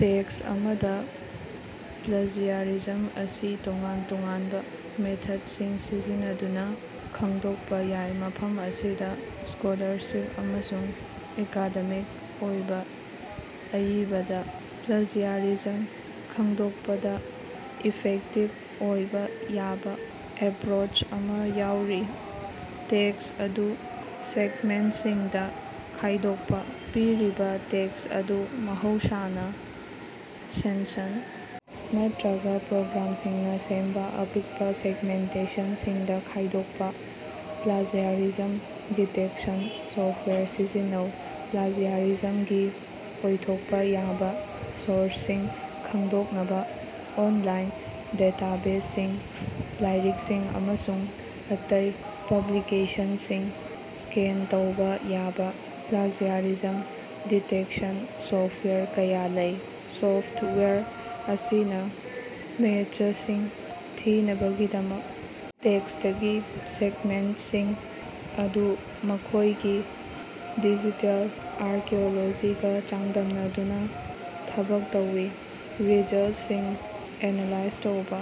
Tax ꯑꯃꯗ plagiarism ꯑꯁꯤ ꯇꯣꯉꯥꯟ-ꯇꯣꯉꯥꯟꯕ ꯃꯦꯊꯗꯁꯤꯡ ꯁꯤꯖꯤꯟꯅꯗꯨꯅ ꯈꯪꯗꯣꯛꯄ ꯌꯥꯏ꯫ ꯃꯐꯝ ꯑꯁꯤꯗ ꯁ꯭ꯀꯣꯂꯥꯔꯁꯤꯞ ꯑꯃꯁꯨꯡ ꯑꯦꯀꯥꯗꯦꯃꯤꯛ ꯑꯣꯏꯕ ꯑꯏꯕꯗ ꯄ꯭ꯂꯥꯖꯤꯌꯔꯤꯖꯝ ꯈꯪꯗꯣꯛꯄꯗ ꯏꯐꯦꯛꯇꯤꯕ ꯑꯣꯏꯕ ꯌꯥꯕ ꯑꯦꯄ꯭ꯔꯣꯆ ꯑꯃ ꯌꯥꯎꯔꯤ꯫ ꯇꯦꯛꯁ ꯑꯗꯨ ꯁꯦꯒꯃꯦꯟꯇꯁꯤꯡꯗ ꯈꯥꯏꯗꯣꯛꯄ: ꯄꯤꯔꯤꯕ ꯇꯦꯛꯁ ꯑꯗꯨ ꯃꯍꯧꯁꯥꯅ ꯁꯦꯟꯁꯟ ꯅꯠꯇ꯭ꯔꯒ ꯄꯦꯔꯥꯒ꯭ꯔꯥꯐꯁꯤꯡꯅ ꯁꯦꯝꯕ ꯑꯄꯤꯛꯄ ꯁꯦꯒꯃꯦꯟꯇꯁꯤꯡꯗ ꯈꯥꯏꯗꯣꯛꯄ꯫ ꯄ꯭ꯂꯥꯖꯤꯌꯔꯤꯖꯝ ꯗꯤꯇꯦꯛꯇꯦꯁꯟ ꯁꯣꯐꯇꯋꯥꯌꯔ ꯁꯤꯖꯤꯟꯅꯧ: ꯄ꯭ꯂꯥꯖꯤꯌꯔꯤꯖꯝꯒꯤ ꯑꯣꯏꯊꯣꯛꯄ ꯌꯥꯕ ꯁꯣꯔꯁꯁꯤꯡ ꯈꯪꯗꯣꯛꯅꯕ ꯑꯣꯟꯂꯥꯏꯟ ꯗꯦꯇꯥꯕꯦꯖꯁꯤꯡ, ꯂꯥꯏꯔꯤꯛꯁꯤꯡ ꯑꯃꯁꯨꯡ ꯑꯇꯩ ꯄꯕ꯭ꯂꯤꯀꯦꯁꯟꯁꯤꯡ ꯁ꯭ꯀꯦꯟ ꯇꯧꯕ ꯌꯥꯕ ꯄ꯭ꯂꯥꯖꯤꯌꯔꯤꯖꯝ ꯗꯤꯇꯦꯛꯁꯟ ꯁꯣꯐꯇꯋꯥꯌꯔ ꯀꯌꯥ ꯂꯩ꯫ ꯁꯣꯐ꯭ꯇꯋꯦꯌꯔ ꯑꯁꯤꯅ ꯃꯦꯆꯁꯤꯡ ꯊꯤꯅꯕꯒꯤꯗꯃꯛ ꯇꯦꯛꯁꯇꯒꯤ ꯁꯦꯒꯃꯦꯟꯇꯁꯤꯡ ꯑꯗꯨ ꯃꯈꯣꯏꯒꯤ ꯗꯤꯖꯤꯇꯦꯜ ꯑꯥꯔꯀꯤꯑꯣꯂꯣꯖꯤꯒ ꯆꯥꯡꯗꯝꯅꯗꯨꯅ ꯊꯕꯛ ꯇꯧꯏ꯫ ꯔꯤꯖꯜꯇꯁꯤꯡ ꯑꯦꯅꯥꯂꯥꯏꯖ ꯇꯧꯕ: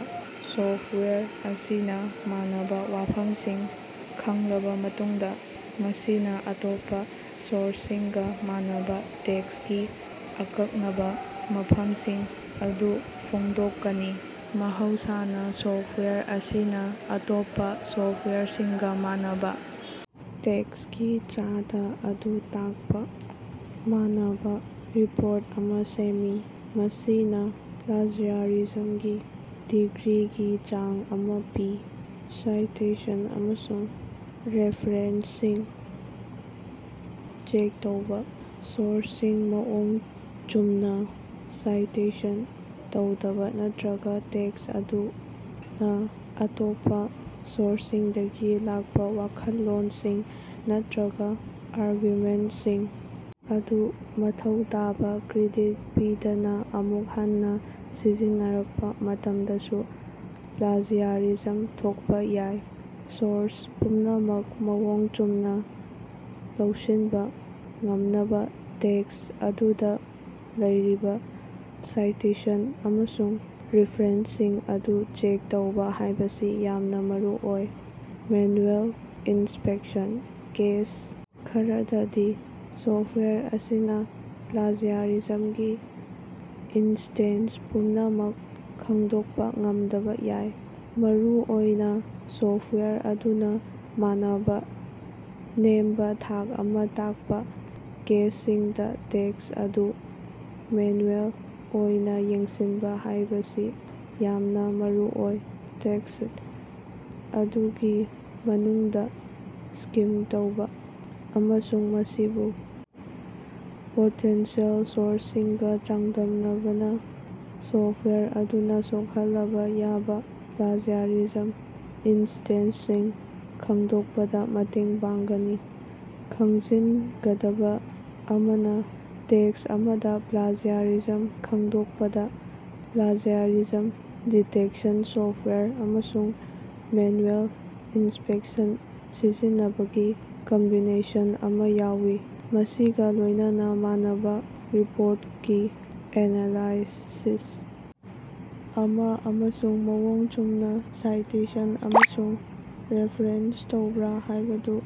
ꯁꯣꯐꯋꯦꯌꯔ ꯑꯁꯤꯅ ꯃꯥꯟꯅꯕ ꯋꯥꯐꯝꯁꯤꯡ ꯈꯪꯂꯕ ꯃꯇꯨꯡꯗ, ꯃꯁꯤꯅ ꯑꯇꯣꯞꯄ ꯁꯣꯔꯁꯁꯤꯡꯒ ꯃꯥꯟꯅꯕ ꯇꯦꯛꯁꯀꯤ ꯑꯀꯛꯅꯕ ꯃꯐꯝꯁꯤꯡ ꯑꯗꯨ ꯐꯣꯡꯗꯣꯛꯀꯅꯤ꯫ ꯃꯍꯧꯁꯥꯅ ꯁꯣꯐꯇꯋꯥꯌꯔ ꯑꯁꯤꯅ ꯑꯇꯣꯞꯄ ꯁꯣꯔꯁꯁꯤꯡꯒ ꯃꯥꯟꯅꯕ ꯇꯦꯛꯁꯀꯤ ꯆꯥꯗ ꯑꯗꯨ ꯇꯥꯛꯄ ꯃꯥꯟꯅꯕ ꯔꯤꯄꯣꯔꯠ ꯑꯃ ꯁꯦꯝꯃꯤ, ꯃꯁꯤꯅ ꯄ꯭ꯂꯥꯖꯤꯌꯔꯤꯖꯝꯒꯤ ꯗꯤꯒ꯭ꯔꯤꯒꯤ ꯆꯥꯡ ꯑꯃ ꯄꯤ꯫ ꯁꯥꯏꯇꯦꯁꯟ ꯑꯃꯁꯨꯡ ꯔꯦꯐꯥꯔꯦꯟꯁꯁꯤꯡ ꯆꯦꯛ ꯇꯧꯕ: ꯁꯣꯔꯁꯁꯤꯡ ꯃꯑꯣꯡ ꯆꯨꯝꯅ ꯁꯥꯏꯇꯦꯁꯟ ꯇꯧꯗꯕ ꯅꯠꯇ꯭ꯔꯒ ꯇꯦꯛꯁ ꯑꯗꯨꯅ ꯑꯇꯣꯞꯄ ꯁꯣꯔꯁꯁꯤꯡꯗꯒꯤ ꯂꯥꯛꯄ ꯋꯥꯈꯜꯂꯣꯟꯁꯤꯡ ꯅꯠꯇ꯭ꯔꯒ ꯑꯥꯔꯒꯨꯃꯦꯟꯇꯁꯤꯡ ꯑꯗꯨ ꯃꯊꯧ ꯇꯥꯕ ꯀ꯭ꯔꯦꯗꯤꯠ ꯄꯤꯗꯅ ꯑꯃꯨꯛ ꯍꯟꯅ ꯁꯤꯖꯤꯟꯅꯔꯛꯄ ꯃꯇꯝꯗꯁꯨ ꯄ꯭ꯂꯥꯖꯤꯌꯔꯤꯖꯝ ꯊꯣꯛꯄ ꯌꯥꯏ꯫ ꯁꯣꯔꯁ ꯄꯨꯝꯅꯃꯛ ꯃꯑꯣꯡ ꯆꯨꯝꯅ ꯂꯧꯁꯤꯟꯕ ꯉꯝꯅꯕ ꯇꯦꯛꯁ ꯑꯗꯨꯗ ꯂꯩꯔꯤꯕ ꯁꯥꯏꯇꯦꯁꯟ ꯑꯃꯁꯨꯡ ꯔꯦꯐꯥꯔꯦꯟꯁꯁꯤꯡ ꯑꯗꯨ ꯆꯦꯛ ꯇꯧꯕ ꯍꯥꯏꯕꯁꯤ ꯌꯥꯝꯅ ꯃꯔꯨꯑꯣꯏ꯫ ꯃꯦꯅ꯭ꯌꯨꯑꯦꯜ ꯏꯟꯁꯄꯦꯛꯁꯟ: ꯀꯦꯁ ꯈꯔꯗꯗꯤ, ꯁꯣꯐꯇꯋꯥꯌꯔ ꯑꯁꯤꯅ ꯄ꯭ꯂꯥꯖꯤꯌꯔꯤꯖꯝꯒꯤ ꯏꯟꯁꯇꯦꯟꯁ ꯄꯨꯝꯅꯃꯛ ꯈꯪꯗꯣꯛꯄ ꯉꯝꯗꯕ ꯌꯥꯏ꯫ ꯃꯔꯨꯑꯣꯏꯅ ꯁꯣꯐꯇꯋꯥꯌꯔ ꯑꯗꯨꯅ ꯃꯥꯟꯅꯕ ꯅꯦꯝꯕꯥ ꯊꯥꯛ ꯑꯃ ꯇꯥꯛꯄ ꯀꯦꯁꯁꯤꯡꯗ ꯇꯦꯛꯁ ꯑꯗꯨ ꯃꯦꯅꯨꯑꯦꯜ ꯑꯣꯏꯅ ꯌꯦꯡꯁꯤꯟꯕ ꯍꯥꯏꯕꯁꯤ ꯌꯥꯝꯅ ꯃꯔꯨꯑꯣꯏ꯫ ꯇꯦꯛꯁꯠ ꯑꯗꯨꯒꯤ ꯃꯅꯨꯡꯗ ꯁ꯭ꯀꯤꯝ ꯇꯧꯕ ꯑꯃꯁꯨꯡ ꯃꯁꯤꯕꯨ ꯄꯣꯇꯦꯟꯁꯤꯑꯦꯜ ꯁꯣꯔꯁꯁꯤꯡꯒꯥ ꯆꯥꯡꯗꯝꯅꯕꯅ ꯁꯣꯐꯇꯋꯥꯌꯔ ꯑꯗꯨꯅ ꯁꯣꯛꯍꯜꯂꯕ ꯌꯥꯕ ꯄ꯭ꯂꯥꯖꯤꯌꯔꯤꯖꯝ ꯏꯟꯁ꯭ꯇꯦꯟꯁꯁꯤꯡ ꯈꯪꯗꯣꯛꯄꯗ ꯃꯇꯦꯡ ꯄꯥꯡꯒꯅꯤ꯫ ꯈꯪꯖꯤꯟꯒꯗꯕ ꯑꯃꯅ, ꯇꯦꯛꯁ ꯑꯃꯗ ꯄ꯭ꯂꯥꯖꯤꯌꯔꯤꯖꯝ ꯈꯪꯗꯣꯛꯄꯗ ꯄ꯭ꯂꯥꯖꯤꯌꯔꯤꯖꯝ ꯗꯤꯇꯦꯛꯇꯦꯁꯟ ꯁꯣꯐꯇꯋꯥꯌꯔ ꯑꯃꯁꯨꯡ ꯃꯦꯅꯨꯑꯦꯜ ꯏꯟꯁꯄꯦꯛꯁꯟ ꯁꯤꯖꯤꯟꯅꯕꯒꯤ ꯀꯝꯕꯤꯅꯦꯁꯟ ꯑꯃ ꯌꯥꯎꯏ, ꯃꯁꯤꯒ ꯂꯣꯏꯅꯅ ꯃꯥꯟꯅꯕ ꯔꯤꯄꯣꯔꯇꯀꯤ ꯑꯦꯅꯥꯂꯥꯏꯁꯤꯁ ꯑꯃ ꯑꯃꯁꯨꯡ ꯃꯑꯣꯡ ꯆꯨꯝꯅ ꯁꯥꯏꯇꯦꯁꯟ ꯑꯃꯁꯨꯡ ꯔꯦꯐꯥꯔꯦꯟꯁ ꯇꯧꯕ꯭ꯔꯥ ꯍꯥꯏꯕꯗꯨ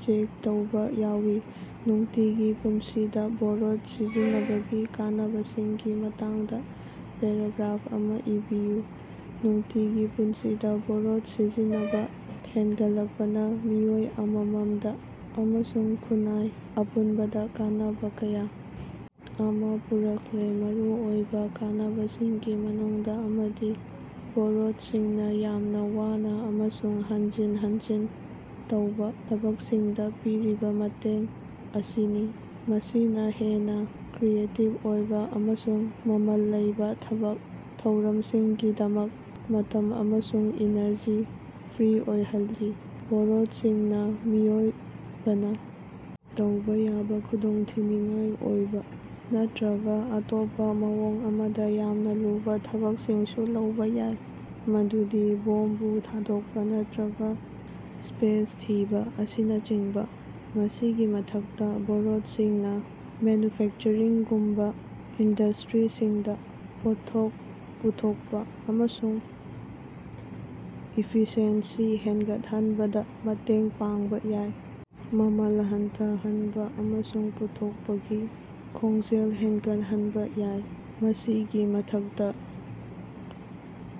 ꯆꯦꯛ ꯇꯧꯕ ꯌꯥꯎꯏ꯫ ꯅꯨꯡꯇꯤꯒꯤ ꯄꯨꯟꯁꯤꯗ ꯔꯣꯕꯣꯠ ꯁꯤꯖꯤꯟꯅꯕꯒꯤ ꯀꯥꯟꯅꯕꯁꯤꯡꯒꯤ ꯃꯇꯥꯡꯗ ꯄꯦꯔꯥꯒ꯭ꯔꯥꯐ ꯑꯃ ꯏꯕꯤꯌꯨ꯫ ꯅꯨꯡꯇꯤꯒꯤ ꯄꯨꯟꯁꯤꯗ ꯔꯣꯕꯣꯠ ꯁꯤꯖꯤꯟꯅꯕ ꯍꯦꯟꯒꯠꯂꯛꯄꯅ ꯃꯤꯑꯣꯏ ꯑꯃꯃꯝꯗ ꯑꯃꯁꯨꯡ ꯈꯨꯟꯅꯥꯏ ꯑꯄꯨꯟꯕꯗ ꯀꯥꯟꯅꯕ ꯀꯌꯥ ꯑꯃ ꯄꯨꯔꯛꯂꯦ꯫ ꯃꯔꯨꯑꯣꯏꯕ ꯀꯥꯟꯅꯕꯁꯤꯡꯒꯤ ꯃꯅꯨꯡꯗ ꯑꯃꯗꯤ ꯔꯣꯕꯣꯠꯁꯤꯡꯅ ꯌꯥꯝꯅ ꯋꯥꯅ ꯑꯃꯁꯨꯡ ꯍꯟꯖꯤꯟ ꯍꯟꯖꯤꯟ ꯇꯧꯕ ꯊꯕꯛꯁꯤꯡꯗ ꯄꯤꯔꯤꯕ ꯃꯇꯦꯡ ꯑꯁꯤꯅꯤ, ꯃꯁꯤꯅ ꯍꯦꯟꯅ ꯀ꯭ꯔꯤꯌꯦꯇꯤꯕ ꯑꯣꯏꯕ ꯑꯃꯁꯨꯡ ꯃꯃꯜ ꯂꯩꯕ ꯊꯕꯛ ꯊꯧꯔꯝꯁꯤꯡꯒꯤꯗꯃꯛ ꯃꯇꯝ ꯑꯃꯁꯨꯡ ꯏꯅꯔꯖꯤ ꯐ꯭ꯔꯤ ꯑꯣꯏꯍꯜꯂꯤ꯫ ꯔꯣꯕꯣꯠꯁꯤꯡꯅ ꯃꯤꯑꯣꯏꯕꯅ ꯇꯧꯕ ꯌꯥꯕ ꯈꯨꯗꯣꯡꯊꯤꯅꯤꯡꯉꯥꯏ ꯑꯣꯏꯕ ꯅꯠꯇ꯭ꯔꯒ ꯑꯇꯣꯞꯄ ꯃꯑꯣꯡ ꯑꯃꯗ ꯌꯥꯝꯅ ꯂꯨꯕ ꯊꯕꯛꯁꯤꯡꯁꯨ ꯂꯧꯕ ꯌꯥꯏ, ꯃꯗꯨꯗꯤ ꯕꯣꯝꯕꯨ ꯊꯥꯗꯣꯛꯄ ꯅꯠꯇ꯭ꯔꯒꯥ ꯁ꯭ꯄꯦꯁ ꯊꯤꯕ ꯑꯁꯤꯅꯆꯤꯡꯕ꯫ ꯃꯁꯤꯒꯤ ꯃꯊꯛꯇ, ꯔꯣꯕꯣꯠꯁꯤꯡꯅ ꯃꯦꯅ꯭ꯌꯨꯐꯦꯛꯆꯔꯤꯡꯒꯨꯝꯕ ꯏꯟꯗꯁꯇ꯭ꯔꯤꯁꯤꯡꯗ ꯄꯣꯠꯊꯣꯛ ꯄꯨꯊꯣꯛꯄ ꯑꯃꯁꯨꯡ ꯏꯐꯤꯁꯤꯑꯦꯟꯁꯤ ꯍꯦꯟꯒꯠꯍꯟꯕꯗ ꯃꯇꯦꯡ ꯄꯥꯡꯕ ꯌꯥꯏ, ꯃꯃꯜ ꯍꯟꯊꯍꯟꯕꯥ ꯑꯃꯁꯨꯡ ꯄꯨꯊꯣꯛꯄꯒꯤ ꯈꯣꯡꯖꯦꯜ ꯍꯦꯟꯒꯠꯍꯟꯕ ꯌꯥꯏ꯫ ꯃꯁꯤꯒꯤ ꯃꯊꯛꯇ,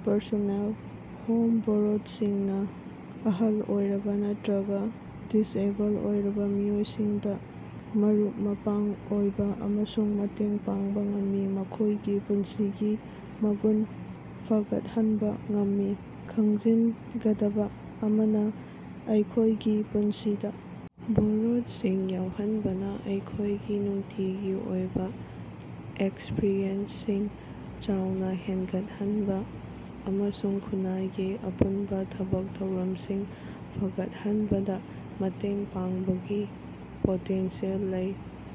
ꯄꯔꯁꯣꯅꯦꯜ ꯍꯣꯝ ꯔꯣꯕꯣꯠꯁꯤꯡꯅ ꯑꯍꯜ ꯑꯣꯏꯔꯕ ꯅꯠꯇ꯭ꯔꯒ ꯗꯤꯁꯑꯦꯕꯜ ꯑꯣꯏꯔꯕ ꯃꯤꯑꯣꯏꯁꯤꯡꯗ ꯃꯔꯨꯞ-ꯃꯄꯥꯡ ꯑꯣꯏꯕ ꯑꯃꯁꯨꯡ ꯃꯇꯦꯡ ꯄꯥꯡꯕ ꯉꯝꯃꯤ, ꯃꯈꯣꯏꯒꯤ ꯄꯨꯟꯁꯤꯒꯤ ꯃꯒꯨꯟ ꯐꯒꯠꯍꯟꯕ ꯉꯝꯃꯤ꯫ ꯈꯪꯖꯤꯟꯒꯗꯕ ꯑꯃꯅ, ꯑꯩꯈꯣꯏꯒꯤ ꯄꯨꯟꯁꯤꯗ ꯔꯣꯕꯣꯠꯁꯤꯡ ꯌꯥꯎꯍꯟꯕꯅ ꯑꯩꯈꯣꯏꯒꯤ ꯅꯨꯡꯇꯤꯒꯤ ꯑꯣꯏꯕ ꯑꯦꯛꯁꯄꯔꯤꯌꯦꯟꯁꯁꯤꯡ ꯆꯥꯎꯅ ꯍꯦꯟꯒꯠꯍꯟꯕ ꯑꯃꯁꯨꯡ ꯈꯨꯟꯅꯥꯏꯒꯤ ꯑꯄꯨꯟꯕ ꯊꯕꯛ ꯊꯧꯔꯝꯁꯤꯡ ꯐꯒꯠꯍꯟꯕꯗ ꯃꯇꯦꯡ ꯄꯥꯡꯕꯒꯤ ꯄꯣꯇꯦꯟꯁꯤꯌꯦꯜ ꯂꯩ꯫